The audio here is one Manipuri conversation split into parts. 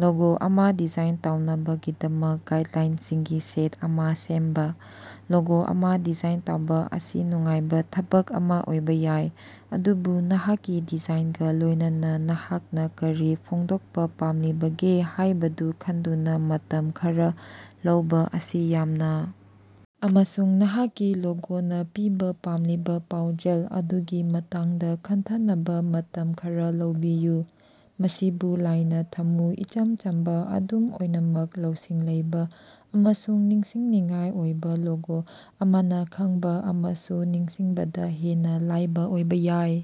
ꯂꯣꯒꯣ ꯑꯃ ꯗꯤꯖꯥꯏꯟ ꯇꯧꯅꯕꯒꯤꯗꯃꯛ ꯒꯥꯏ꯭ꯗꯂꯥꯏꯟꯁꯤꯡꯒꯤ ꯁꯦꯠ ꯑꯃ ꯁꯦꯝꯕ꯫ ꯂꯣꯒꯣ ꯑꯃ ꯗꯤꯖꯥꯏꯟ ꯇꯧꯕ ꯑꯁꯤ ꯅꯨꯡꯉꯥꯏꯕ ꯊꯕꯛ ꯑꯃ ꯑꯣꯏꯕ ꯌꯥꯏ, ꯑꯗꯨꯕꯨ ꯅꯍꯥꯛꯀꯤ ꯗꯤꯖꯥꯏꯟꯒ ꯂꯣꯏꯅꯅ ꯅꯍꯥꯛꯅ ꯀꯔꯤ ꯐꯣꯡꯗꯣꯛꯄ ꯄꯥꯝꯂꯤꯕꯒꯦ ꯍꯥꯏꯕꯗꯨ ꯈꯟꯗꯨꯅ ꯃꯇꯝ ꯈꯔ ꯂꯧꯕ ꯑꯁꯤ ꯌꯥꯝꯅ ꯑꯃꯁꯨꯡ ꯅꯍꯥꯛꯀꯤ ꯂꯣꯒꯣꯅ ꯄꯤꯕ ꯄꯥꯝꯂꯤꯕ ꯄꯥꯎꯖꯦꯜ ꯑꯗꯨꯒꯤ ꯃꯇꯥꯡꯗ ꯈꯟꯊꯅꯕ ꯃꯇꯝ ꯈꯔ ꯂꯧꯕꯤꯌꯨ꯫ ꯃꯁꯤꯕꯨ ꯂꯥꯏꯅꯥ ꯊꯝꯃꯨ ꯏꯆꯝ ꯆꯝꯕ ꯑꯗꯨꯝ ꯑꯣꯏꯅꯃꯛ ꯂꯧꯁꯤꯡ ꯂꯩꯕ ꯑꯃꯁꯨꯡ ꯅꯤꯡꯁꯤꯡꯅꯤꯡꯉꯥꯏ ꯑꯣꯏꯕ ꯂꯣꯒꯣ ꯑꯃꯅ ꯈꯪꯕ ꯑꯃꯁꯨꯡ ꯅꯤꯡꯁꯤꯡꯕꯗ ꯍꯦꯟꯅ ꯂꯥꯏꯕ ꯑꯣꯏꯕ‌ ꯌꯥꯏ꯫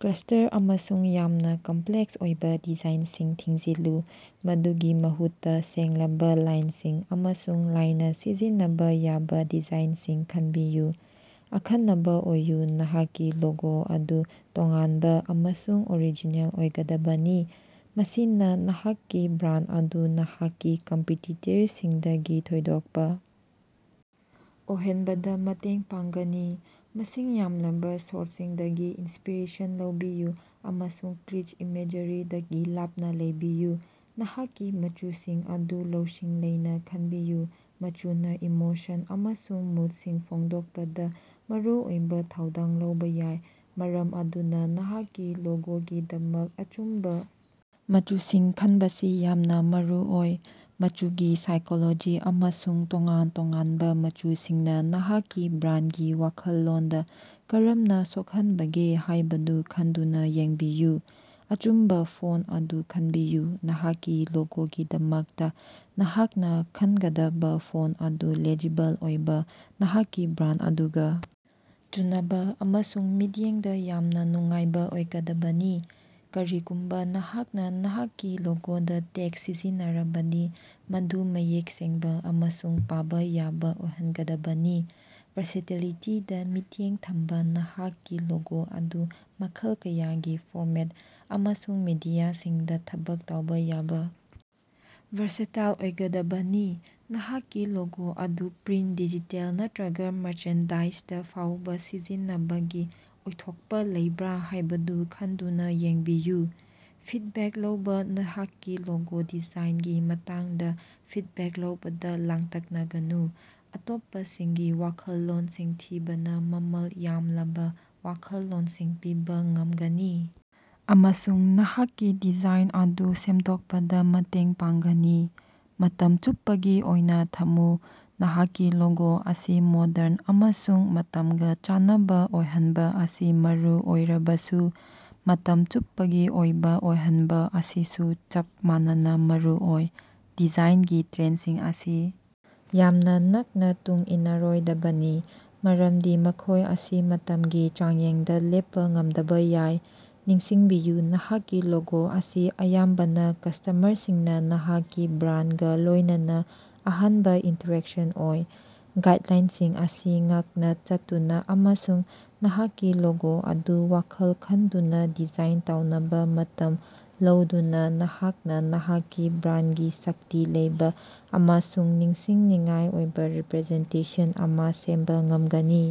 ꯀ꯭ꯂꯥꯁꯇꯔ ꯑꯃꯁꯨꯡ ꯌꯥꯝꯅ ꯀꯝꯄ꯭ꯂꯦꯛꯁ ꯑꯣꯏꯕ ꯗꯤꯖꯥꯏꯟꯁꯤꯡ ꯊꯤꯡꯖꯤꯜꯂꯨ ꯃꯗꯨꯒꯤ ꯃꯍꯨꯠꯇ ꯁꯦꯡꯂꯕ ꯂꯥꯏꯟꯁꯤꯡ ꯑꯃꯁꯨꯡ ꯂꯥꯏꯅꯥ ꯁꯤꯖꯤꯟꯅꯕ ꯌꯥꯕ ꯗꯤꯖꯥꯏꯟꯁꯤꯡ ꯈꯟꯕꯤꯌꯨ꯫ ꯑꯈꯟꯅꯕ ꯑꯣꯏꯌ‌ꯨ ꯅꯍꯥꯛꯀꯤ ꯂꯣꯒꯣ ꯑꯗꯨ ꯇꯣꯉꯥꯟꯕ ꯑꯃꯁꯨꯡ ꯑꯣꯔꯤꯖꯤꯅꯦꯜ ꯑꯣꯏꯒꯗꯕꯅꯤ, ꯃꯁꯤꯅ ꯅꯍꯥꯛꯀꯤ ꯕ꯭ꯔꯥꯟꯗ ꯑꯗꯨ ꯅꯍꯥꯛꯀꯤ ꯀꯝꯄꯤꯇꯤꯇꯔꯁꯤꯡꯗꯒꯤ ꯊꯣꯏꯗꯣꯛꯄ‌ ꯑꯣꯏꯍꯟꯕꯗ ꯃꯇꯦꯡ ꯄꯥꯡꯒꯅꯤ꯫ ꯃꯁꯤꯡ ꯌꯥꯝꯂꯕ ꯁꯣꯔ꯭ꯁꯁꯤꯡꯗꯒꯤ ꯏꯟ꯭ꯁꯄꯤꯔꯦꯁꯟ ꯂꯧꯕꯤꯌꯨ ꯑꯃꯁꯨꯡ ꯀ꯭ꯂꯤꯆ ꯏꯃꯦꯖꯔꯤꯗꯒꯤ ꯂꯥꯞꯅ ꯂꯩꯕꯤꯌꯨ꯫ ꯅꯍꯥꯛꯀꯤ ꯃꯆꯨꯁꯤꯡ ꯑꯗꯨ ꯂꯧꯁꯤꯡ ꯂꯩꯅ ꯈꯟꯕꯤꯌꯨ ꯃꯆꯨꯅ ꯏꯃꯣꯁꯟ ꯑꯃꯁꯨꯡ ꯃꯨꯗꯁꯤꯡ ꯐꯣꯡꯗꯣꯛꯄꯗ ꯃꯔꯨꯑꯣꯏꯕ ꯊꯧꯗꯥꯡ ꯂꯧꯕ ꯌꯥꯏ, ꯃꯔꯝ ꯑꯗꯨꯅ ꯅꯍꯥꯛꯀꯤ ꯂꯣꯒꯣꯒꯤꯗꯃꯛ ꯑꯆꯨꯝꯕ ꯃꯆꯨꯁꯤꯡ ꯈꯟꯕꯁꯤ ꯌꯥꯝꯅ ꯃꯔꯨꯑꯣꯏ꯫ ꯃꯆꯨꯒꯤ ꯁꯥꯏꯀꯣꯂꯣꯖꯤ ꯑꯃꯁꯨꯡ ꯇꯣꯉꯥꯟ ꯇꯣꯉꯥꯟꯕ ꯃꯆꯨꯁꯤꯡꯅ ꯅꯍꯥꯛꯀꯤ ꯕ꯭ꯔꯥꯟꯗꯒꯤ ꯋꯥꯈꯜꯂꯣꯟꯗ ꯀꯔꯝꯅ ꯁꯣꯛꯍꯟꯕꯒꯦ ꯍꯥꯏꯕꯗꯨ ꯈꯟꯗꯨꯅ ꯌꯦꯡꯕꯤꯌꯨ꯫ ꯑꯆꯨꯝꯕ ꯐꯣꯟ꯭ꯇ ꯑꯗꯨ ꯈꯟꯕꯤꯌꯨ ꯅꯍꯥꯛꯀꯤ ꯂꯣꯒꯣꯒꯤꯗꯃꯛꯇ ꯅꯍꯥꯛꯅ ꯈꯟꯒꯗꯕ ꯐꯣꯟ꯭ꯇ ꯑꯗꯨ ꯂꯦꯖꯤꯕꯜ ꯑꯣꯏꯕ ꯅꯍꯥꯛꯀꯤ ꯕ꯭ꯔꯥꯟꯗ ꯑꯗꯨꯒ ꯆꯨꯅꯕ ꯑꯃꯁꯨꯡ ꯃꯤꯠꯌꯦꯡꯗ‌ ꯌꯥꯝꯅ ꯅꯨꯡꯉꯥꯏꯕ ꯑꯣꯏꯒꯗꯕꯅꯤ꯫ ꯀꯔꯤꯒꯨꯝꯕ ꯅꯍꯥꯛꯅ ꯅꯍꯥꯛꯀꯤ ꯂꯣꯒꯣꯗ ꯇꯦꯛ꯭ꯁꯠ ꯁꯤꯖꯤꯟꯅꯔꯕꯗꯤ, ꯃꯗꯨ ꯃꯌꯦꯛ ꯁꯦꯡꯕ ꯑꯃꯁꯨꯡ ꯄꯥꯕ ꯌꯥꯕ ꯑꯣꯏꯍꯟꯒꯗꯕꯅꯤ꯫ ꯚꯥꯔꯁꯦꯇꯤꯂꯤꯇꯤꯗ ꯃꯤꯠꯌꯦꯡ ꯊꯝꯕ ꯅꯍꯥꯛꯀꯤ ꯂꯣꯒꯣ ꯑꯗꯨ ꯃꯈꯜ ꯀꯌꯥꯒꯤ ꯐꯣꯔꯃꯦꯠ ꯑꯃꯁꯨꯡ ꯃꯦꯗꯤꯌꯝꯁꯤꯡꯗ ꯊꯕꯛ ꯇꯧꯕ ꯌꯥꯕ ꯚꯔꯁꯥꯏꯇꯥꯏꯜ ꯑꯣꯏꯒꯗꯕꯅꯤ꯫ ꯅꯍꯥꯛꯀꯤ ꯂꯣꯒꯣ ꯑꯗꯨ ꯄ꯭ꯔꯤꯟꯇ, ꯗꯤꯖꯤꯇꯦꯜ ꯅꯠꯇꯔꯒ ꯃꯥꯔꯆꯦꯟꯗꯥꯏ꯭ꯖꯗ‌ ꯐꯥꯎꯕ ꯁꯤꯖꯤꯟꯅꯕꯒꯤ ꯑꯣꯏꯊꯣꯛꯄ ꯂꯩꯕ꯭ꯔꯥ ꯍꯥꯏꯕꯗꯨ ꯈꯟꯗꯨꯅ ꯌꯦꯡꯕꯤꯌꯨ꯫ ꯐꯤꯗꯕꯦꯛ ꯂꯧꯕ ꯅꯍꯥꯛꯀꯤ ꯂꯣꯒꯣ ꯗꯤꯖꯥꯏꯟꯒꯤ ꯃꯇꯥꯡꯗ ꯐꯤꯗꯕꯦꯛ ꯂꯧꯕꯗ ꯂꯥꯡꯇꯛꯅꯒꯅꯨ꯫ ꯑꯇꯣꯞꯄꯁꯤꯡꯒꯤ ꯋꯥꯈꯜꯂꯣꯟꯁꯤꯡ ꯊꯤꯕꯅ ꯃꯃꯜ ꯌꯥꯝꯂꯕ ꯋꯥꯈꯜꯂꯣꯟꯁꯤꯡ ꯄꯤꯕ ꯉꯝꯒꯅꯤ ꯑꯃꯁꯨꯡ ꯅꯍꯥꯛꯀꯤ ꯗꯤꯖꯥꯏꯟ ꯑꯗꯨ ꯁꯦꯝꯗꯣꯛꯄꯗ ꯃꯇꯦꯡ ꯄꯥꯡꯒꯅꯤ꯫ ꯃꯇꯝ ꯆꯨꯞꯄꯒꯤ ꯑꯣꯏꯅ ꯊꯝꯃꯨ ꯅꯍꯥꯛꯀꯤ ꯂꯣꯒꯣ ꯑꯁꯤ ꯃꯣꯗ꯭ꯔꯟ ꯑꯃꯁꯨꯡ ꯃꯇꯝꯒ ꯆꯥꯟꯅꯕ ꯑꯣꯏꯍꯟꯕ ꯑꯁꯤ ꯃꯔꯨ ꯑꯣꯏꯔꯕꯁꯨ, ꯃꯇꯝ ꯆꯨꯞꯄꯒꯤ ꯑꯣꯏꯕ ꯑꯣꯏꯍꯟꯕ ꯑꯁꯤꯁꯨ ꯆꯞ ꯃꯥꯟꯅꯅ ꯃꯔꯨꯑꯣꯏ꯫ ꯗꯤꯖꯥꯏꯟꯒꯤ ꯇ꯭ꯔꯦꯟꯗꯁꯤꯡ ꯑꯁꯤ ꯌꯥꯝꯅ ꯅꯛꯅ ꯇꯨꯡ ꯏꯟꯅꯔꯣꯏꯗꯕꯅꯤ, ꯃꯔꯝꯗꯤ ꯃꯈꯣꯏ ꯑꯁꯤ ꯃꯇꯝꯒꯤ ꯆꯥꯡꯌꯦꯡꯗ ꯂꯦꯞꯄ ꯉꯝꯗꯕ ꯌꯥꯏ꯫ ꯅꯤꯡꯁꯤꯡꯕꯤꯌꯨ ꯅꯍꯥꯛꯀꯤ ꯂꯣꯒꯣ ꯑꯁꯤ ꯑꯌꯥꯝꯕꯅ ꯀꯁ꯭ꯇꯃꯔꯁꯤꯡꯅ ꯅꯍꯥꯛꯀꯤ ꯕ꯭ꯔꯥꯟꯗꯒ ꯂꯣꯏꯅꯅ ꯑꯍꯥꯟꯕ ꯏꯟꯇꯔꯦꯛꯁꯟ ꯑꯣꯏ꯫ ꯒꯥꯏꯗ꯭ꯂꯥꯏꯟꯁꯤꯡ ꯑꯁꯤ ꯉꯥꯛꯅ ꯆꯠꯇꯨꯅ ꯑꯃꯁꯨꯡ ꯅꯍꯥꯛꯀꯤ ꯂꯣꯒꯣ ꯑꯗꯨ ꯋꯥꯈꯜ ꯈꯟꯗꯨꯅ ꯗꯤꯖꯥꯏꯟ ꯇꯧꯅꯕ ꯃꯇꯝ ꯂꯧꯗꯨꯅ ꯅꯍꯥꯛꯅ ꯅꯍꯥꯛꯀꯤ ꯕ꯭ꯔꯥꯟꯗꯒꯤ ꯁꯛꯇꯤ ꯂꯩꯕ ꯑꯃꯁꯨꯡ ꯅꯤꯡꯁꯤꯡꯅꯤꯡꯉꯥꯏ ꯑꯣꯏꯕ ꯔꯤꯄꯔꯖꯦꯟꯇꯦꯁꯟ ꯑꯃ ꯁꯦꯝꯕ ꯉꯝꯒꯅꯤ꯫।